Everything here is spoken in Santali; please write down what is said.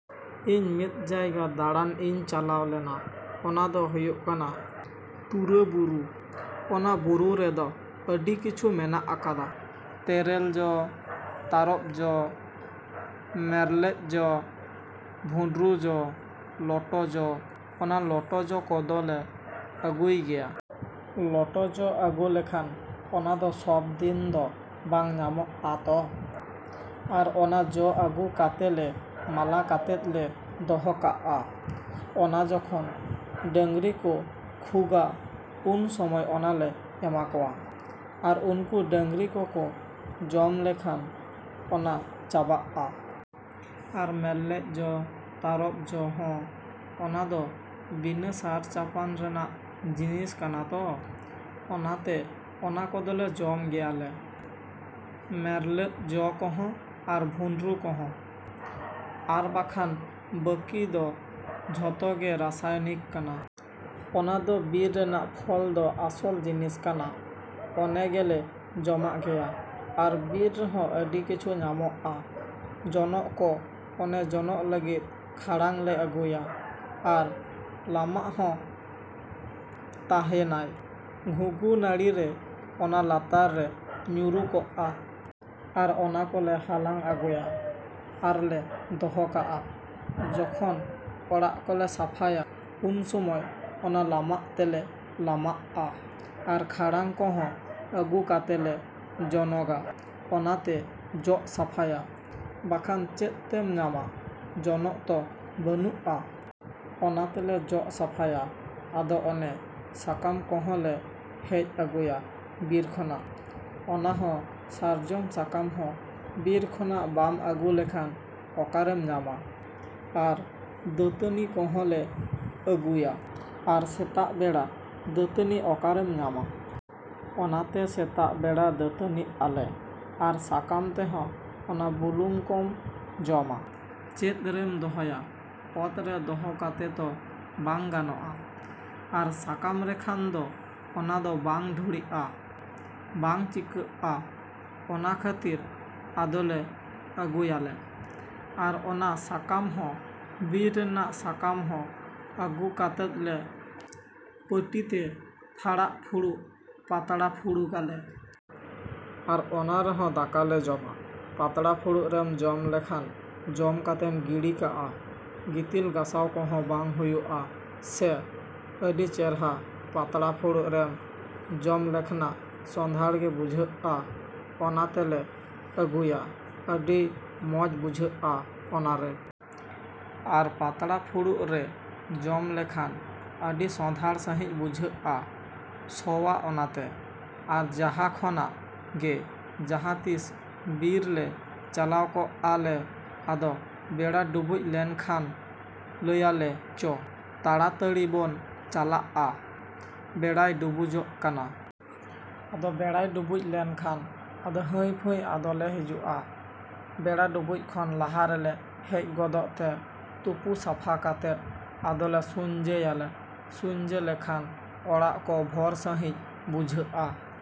ᱤᱧ ᱢᱤᱫ ᱡᱟᱭᱜᱟ ᱫᱟᱬᱟᱱ ᱤᱧ ᱪᱟᱞᱟᱣ ᱞᱮᱱᱟ᱾ ᱚᱱᱟ ᱫᱚ ᱦᱩᱭᱩᱜ ᱠᱟᱱᱟ ᱴᱩᱨᱟᱹᱵᱩᱨᱩ᱾ ᱚᱱᱟ ᱵᱩᱨᱩ ᱨᱮᱫᱚ ᱟᱹᱰᱤ ᱠᱤᱪᱷᱩ ᱢᱮᱱᱟᱜ ᱟᱠᱟᱫᱟ᱾ ᱛᱮᱨᱮᱞ ᱡᱚ, ᱛᱟᱨᱚᱯ ᱡᱚ, ᱢᱮᱨᱞᱮᱡ ᱡᱚ, ᱵᱷᱩᱸᱰᱨᱩ ᱡᱚ, ᱞᱚᱴᱚ ᱡᱚ᱾ ᱚᱱᱟ ᱞᱚᱴᱚ ᱡᱚ ᱠᱚᱫᱚᱞᱮ ᱟᱹᱜᱩᱭ ᱜᱮᱭᱟ᱾ ᱞᱚᱴᱚ ᱡᱚ ᱟᱹᱜᱩ ᱞᱮᱠᱷᱟᱱ ᱚᱱᱟ ᱫᱚ ᱥᱚᱵᱽ ᱫᱤᱱ ᱫᱚ ᱵᱟᱝ ᱧᱟᱢᱚᱜᱼᱟ ᱛᱚ᱾ ᱟᱨ ᱚᱱᱟ ᱡᱚ ᱟᱹᱜᱩ ᱠᱟᱛᱮᱞᱮ ᱢᱟᱞᱟ ᱠᱟᱛᱮᱫ ᱞᱮ ᱫᱚᱦᱚ ᱠᱟᱜᱼᱟ᱾ ᱚᱱᱟ ᱡᱚᱠᱷᱚᱱ ᱰᱟᱹᱝᱨᱤ ᱠᱚ ᱠᱷᱩᱜᱟ ᱩᱱ ᱥᱚᱢᱚᱭ ᱚᱱᱟᱞᱮ ᱮᱢᱟ ᱠᱚᱣᱟ᱾ ᱟᱨ ᱩᱱᱠᱩ ᱰᱟᱹᱝᱨᱤ ᱠᱚᱠᱚ ᱡᱚᱢ ᱞᱮᱠᱷᱟᱱ ᱚᱱᱟ ᱪᱟᱵᱟᱜᱼᱟ᱾ ᱟᱨ ᱢᱮᱨᱞᱮᱡ ᱡᱚ, ᱛᱟᱨᱚᱯ ᱡᱚ ᱦᱚᱸ ᱚᱱᱟᱫᱚ ᱵᱤᱱᱟᱹ ᱥᱟᱨ ᱪᱟᱯᱟᱱ ᱨᱮᱱᱟᱜ ᱡᱤᱱᱤᱥ ᱠᱟᱱᱟ ᱛᱚ, ᱚᱱᱟᱛᱮ ᱚᱱᱟ ᱠᱚᱫᱚᱞᱮ ᱡᱚᱢ ᱜᱮᱭᱟ ᱞᱮ᱾ ᱢᱮᱨᱞᱮᱡ ᱡᱚ ᱠᱚᱦᱚᱸ, ᱟᱨ ᱵᱷᱩᱸᱰᱨᱩ ᱠᱚᱦᱚᱸ᱾ ᱟᱨ ᱵᱟᱠᱷᱟᱱ ᱵᱟᱹᱠᱤ ᱫᱚ ᱡᱷᱚᱛᱚ ᱜᱮ ᱨᱟᱥᱟᱭᱱᱤᱠ ᱠᱟᱱᱟ᱾ ᱚᱱᱟ ᱫᱚ ᱵᱤᱨ ᱨᱮᱱᱟᱜ ᱯᱷᱚᱞ ᱫᱚ ᱟᱥᱚᱞ ᱡᱤᱱᱤᱥ ᱠᱟᱱᱟ, ᱚᱱᱮ ᱜᱮᱞᱮ ᱡᱚᱢᱟᱜ ᱜᱮᱭᱟ᱾ ᱟᱨ ᱵᱤᱨ ᱨᱮᱦᱚᱸ ᱟᱹᱰᱤ ᱠᱤᱪᱷᱩ ᱧᱟᱢᱚᱜᱼᱟ᱾ ᱡᱚᱱᱚᱜ ᱠᱚ ᱚᱱᱮ ᱡᱚᱱᱚᱜ ᱞᱟᱹᱜᱤᱫ ᱠᱷᱟᱲᱟᱝ ᱞᱮ ᱟᱹᱜᱩᱭᱟ᱾ ᱟᱨ ᱞᱟᱢᱟᱜ ᱦᱚᱸ ᱛᱟᱦᱮᱱᱟᱭ᱾ ᱜᱷᱩᱸᱜᱩ ᱱᱟᱹᱲᱤ ᱨᱮ ᱚᱱᱟ ᱞᱟᱛᱟᱨ ᱨᱮ ᱧᱩᱨᱩ ᱠᱚᱜᱼᱟ᱾ ᱟᱨ ᱚᱱᱟ ᱠᱚᱞᱮ ᱦᱟᱞᱟᱝ ᱟᱹᱜᱩᱭᱟ᱾ ᱟᱨᱞᱮ ᱫᱚᱦᱚ ᱠᱟᱜᱼᱟ᱾ ᱡᱚᱠᱷᱚᱱ ᱚᱲᱟᱜ ᱠᱚᱞᱮ ᱥᱟᱯᱷᱟᱭᱟ, ᱩᱱ ᱥᱚᱢᱚᱭ ᱚᱱᱟ ᱞᱟᱢᱟᱜ ᱛᱮᱞᱮ ᱞᱟᱢᱟᱜᱼᱟ᱾ ᱟᱨ ᱠᱷᱟᱲᱟᱝ ᱠᱚᱦᱚᱸ ᱟᱹᱜᱩ ᱠᱟᱛᱮᱞᱮ ᱡᱚᱱᱚᱜᱟ, ᱚᱱᱟᱛᱮ ᱡᱚᱜ ᱥᱟᱯᱷᱟᱭᱟ᱾ ᱵᱟᱠᱷᱟᱱ ᱪᱮᱫ ᱛᱮᱢ ᱧᱟᱢᱟ? ᱡᱚᱱᱚᱜ ᱛᱚ ᱵᱟᱹᱱᱩᱜᱼᱟ᱾ ᱚᱱᱟ ᱛᱮᱞᱮ ᱡᱚᱜ ᱥᱟᱯᱷᱟᱭᱟ᱾ ᱟᱫᱚ ᱚᱱᱮ ᱥᱟᱠᱟᱢ ᱠᱚᱦᱚᱸᱞᱮ ᱦᱮᱡ ᱟᱹᱜᱩᱭᱟ ᱵᱤᱨ ᱠᱷᱚᱱᱟᱜ, ᱚᱱᱟ ᱦᱚᱸ ᱥᱟᱨᱡᱚᱢ ᱥᱟᱠᱟᱢ ᱦᱚᱸ ᱵᱤᱨ ᱠᱷᱚᱱᱟᱜ ᱵᱟᱢ ᱟᱹᱜᱩ ᱞᱮᱠᱷᱱᱟ ᱚᱠᱟᱨᱮᱢ ᱧᱟᱢᱟ᱾ ᱟᱨ ᱫᱟᱹᱛᱟᱹᱱᱤ ᱠᱚᱦᱚᱸᱞᱮ ᱟᱹᱜᱩᱭᱟ᱾ ᱟᱨ ᱥᱮᱛᱟᱜ ᱵᱮᱲᱟ ᱫᱟᱹᱛᱟᱹᱱᱤ ᱚᱠᱟᱨᱮᱢ ᱧᱟᱢᱟ᱾ ᱚᱱᱟᱛᱮ ᱥᱮᱛᱟᱜ ᱵᱮᱲᱟ ᱫᱟᱹᱛᱟᱹᱱᱤᱜ ᱟᱞᱮ᱾ ᱟᱨ ᱥᱟᱠᱟᱢ ᱛᱮᱦᱚᱸ ᱚᱱᱟ ᱵᱩᱞᱩᱝ ᱠᱚᱢ ᱡᱚᱢᱟ, ᱪᱮᱫ ᱨᱮᱢ ᱫᱚᱦᱚᱭᱟ, ᱚᱛ ᱨᱮ ᱫᱚᱦᱚ ᱠᱟᱛᱮ ᱛᱚ, ᱵᱟᱝ ᱜᱟᱱᱚᱜᱼᱟ᱾ ᱟᱨ ᱥᱟᱠᱟᱢ ᱨᱮᱠᱷᱟᱱ ᱫᱚ ᱚᱱᱟ ᱫᱚ ᱵᱟᱝ ᱫᱷᱩᱲᱤᱜᱼᱟ, ᱵᱟᱝ ᱪᱤᱠᱟᱹᱜᱼᱟ᱾ ᱚᱱᱟ ᱠᱷᱟᱹᱛᱤᱨ ᱟᱫᱚᱞᱮ ᱟᱹᱜᱩᱭᱟᱞᱮ, ᱟᱨ ᱚᱱᱟ ᱥᱟᱠᱟᱢ ᱦᱚᱸ ᱵᱤᱨ ᱨᱮᱱᱟᱜ ᱥᱟᱠᱟᱢ ᱦᱚᱸ ᱟᱹᱜᱩ ᱠᱟᱛᱮᱫ ᱞᱮ ᱯᱟᱹᱴᱤᱛᱮ ᱯᱷᱟᱲᱟᱜᱼᱯᱷᱩᱲᱩᱜ ᱯᱟᱛᱲᱟ ᱯᱷᱩᱲᱩᱜᱟᱞᱮ᱾ ᱟᱨ ᱚᱱᱟ ᱨᱮᱦᱚᱸ ᱫᱟᱠᱟ ᱞᱮ ᱡᱚᱢᱟ᱾ ᱯᱟᱛᱲᱟ ᱯᱷᱩᱲᱩᱜ ᱨᱮᱢ ᱡᱚᱢ ᱞᱮᱠᱷᱟᱱ ᱡᱚᱢ ᱠᱟᱛᱮᱢ ᱜᱤᱲᱤ ᱠᱟᱜᱼᱟ᱾ ᱜᱤᱛᱤᱞ ᱜᱟᱥᱟᱣ ᱠᱚᱦᱚᱸ ᱵᱟᱝ ᱦᱩᱭᱩᱜᱼᱟ᱾ ᱥᱮ ᱟᱹᱰᱤ ᱪᱮᱨᱦᱟ ᱯᱟᱛᱲᱟ ᱯᱷᱩᱲᱩᱜ ᱨᱮᱢ ᱡᱚᱢ ᱞᱮᱠᱷᱱᱟ ᱥᱚᱸᱫᱷᱟᱲ ᱜᱮ ᱵᱩᱡᱷᱟᱹᱜᱼᱟ᱾ ᱚᱱᱟᱛᱮᱞᱮ ᱟᱹᱜᱩᱭᱟ, ᱟᱹᱰᱤ ᱢᱚᱡᱽ ᱵᱩᱡᱷᱟᱹᱜᱼᱟ ᱚᱱᱟᱨᱮ᱾ ᱟᱨ ᱯᱟᱛᱲᱟ ᱯᱷᱩᱲᱩᱜ ᱨᱮ ᱡᱚᱢ ᱞᱮᱠᱷᱟᱱ ᱟᱹᱰᱤ ᱥᱚᱸᱫᱷᱟᱲ ᱥᱟᱺᱦᱤᱡ ᱵᱩᱡᱷᱟᱹᱜᱼᱟ ᱥᱚᱣᱟ ᱚᱱᱟᱛᱮ᱾ ᱟᱨ ᱡᱟᱦᱟᱸ ᱠᱷᱚᱱᱟᱜ ᱜᱮ ᱡᱟᱦᱟᱸ ᱛᱤᱥ ᱵᱤᱨ ᱞᱮ ᱪᱟᱞᱟᱣ ᱠᱚᱜᱼᱟ ᱞᱮ ᱟᱫᱚ ᱵᱮᱲᱟ ᱰᱩᱵᱩᱡ ᱞᱮᱱᱠᱷᱟᱱ ᱞᱟᱹᱭᱟᱞᱮ ᱪᱚ, ᱛᱟᱲᱟᱛᱟᱹᱲᱤ ᱵᱚᱱ ᱪᱟᱞᱟᱜᱼᱟ, ᱵᱮᱲᱟᱭ ᱰᱩᱵᱩᱡᱚᱜ ᱠᱟᱱᱟ᱾ ᱟᱫᱚ ᱵᱮᱲᱟᱭ ᱰᱩᱵᱩᱡ ᱞᱮᱱᱠᱷᱟᱱ ᱟᱫᱚ ᱦᱟᱺᱭᱯᱷᱟᱺᱭ ᱟᱫᱚ ᱞᱮ ᱦᱤᱡᱩᱜᱼᱟ᱾ ᱵᱮᱲᱟ ᱰᱩᱵᱩᱡ ᱠᱷᱚᱱ ᱞᱟᱦᱟ ᱨᱮᱞᱮ ᱦᱮᱡ ᱜᱚᱫᱚᱜ ᱛᱮ ᱛᱩᱯᱩ ᱥᱟᱯᱷᱟ ᱠᱟᱛᱮᱫ ᱟᱫᱚᱞᱮ ᱥᱩᱧᱡᱟᱹᱭᱟᱞᱮ᱾ ᱥᱩᱧᱡᱟᱹ ᱞᱮᱠᱷᱟᱱ ᱚᱲᱟᱜ ᱠᱚ ᱵᱷᱚᱨ ᱥᱟᱺᱦᱤᱡ ᱵᱩᱡᱷᱟᱹᱜᱼᱟ᱾